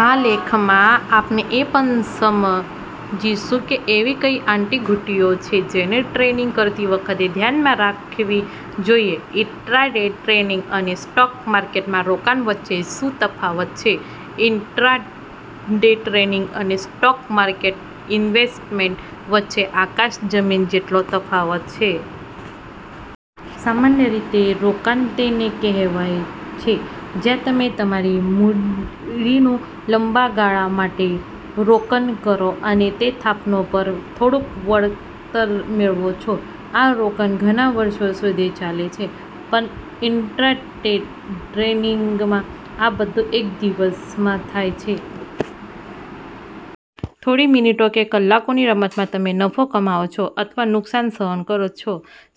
આ લેખમાં, આપણે એ પણ સમજીશું કે એવી કઇ આંટીઘૂંટીઓ છે જેને ટ્રેડિંગ કરતી વખતે ધ્યાનમાં રાખવી જોઈએ. ઇન્ટ્રાડે ટ્રેડિંગ અને સ્ટોક માર્કેટમાં રોકાણ વચ્ચે શું તફાવત છે? ઈન્ટ્રા-ડે ટ્રેન્ડિંગ અને સ્ટોક માર્કેટ ઈન્વેસ્ટમેન્ટ વચ્ચે આકાશ-જમીન જેટલો તફાવત છે. સામાન્ય રીતે રોકાણ તેને કહેવાય છે, જ્યાં તમે તમારી મૂડીનું લાંબા ગાળા માટે રોકાણ કરો અને તે થાપણો પર થોડુંક વળતર મેળવો છે. આ રોકાણ ઘણા વર્ષો સુધી ચાલે છે પરંતુ ઇન્ટ્રા-ડે ટ્રેડિંગમાં આ બધું એક દિવસમાં થાય છે. થોડી મિનિટો કે કલાકોની રમતમાં, તમે નફો કમાવો છો અથવા નુકસાન સહન કરો છો.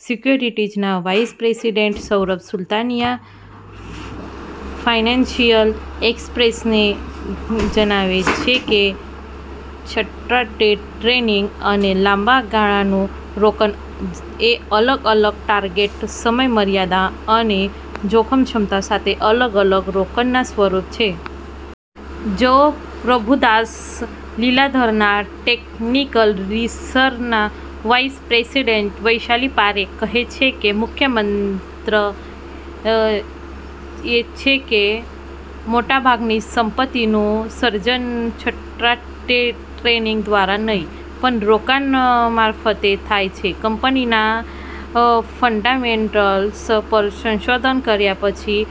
સિક્યોરિટીઝના vice president Saurav Sultania financial એક્સપ્રેસને જણાવે છે કે, "ઇન્ટ્રા-ડે ટ્રેડિંગ અને લાંબા ગાળાનું રોકાણ એ અલગ-અલગ ટાર્ગેટ, સમયમર્યાદા અને જોખમ ક્ષમતા સાથે અલગ-અલગ રોકાણના સ્વરૂપ છે. જાણો પ્રભુદાસ લીલાધરના ટેકનિકલ રિસર્ચના વાઇસ પ્રેસિડેન્ટ વૈશાલી પારેખ કહે છે કે, "મુખ્ય મંત્ર એ છે કે 'મોટાભાગની સંપત્તિનું સર્જન ઇન્ટ્રા – ડે ટ્રેડિંગ દ્વારા નહીં પણ રોકાણ મારફતે થાય છે. ' કંપનીના ફંડામેન્ટલ્સ પર સંશોધન કર્યા પછી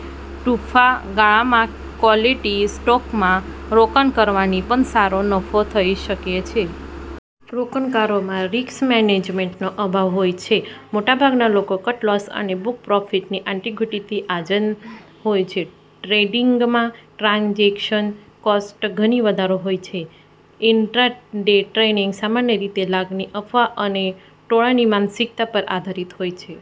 ટૂંકા ગાળામાં ક્વોલિટી સ્ટોક્સમાં રોકાણ કરવાથી પણ સારો નફો થઈ શકે છે. રોકાણકારોમાં રિસ્ક મેનેજમેન્ટનો અભાવ હોય છે. મોટાભાગના લોકો 'કટ લોસ' અને 'બુક-પ્રોફિટ'ની આંટીઘૂંટીથી અજાણ હોય છે. ટ્રેડિંગમાં ટ્રાન્ઝેક્શન કોસ્ટ ઘણી વધારે છે. ઈન્ટ્રા-ડે ટ્રેડિંગ સામાન્ય રીતે લાગણી, અફવા અને ટોળાની માનસિકતા પર આધારિત હોય છે.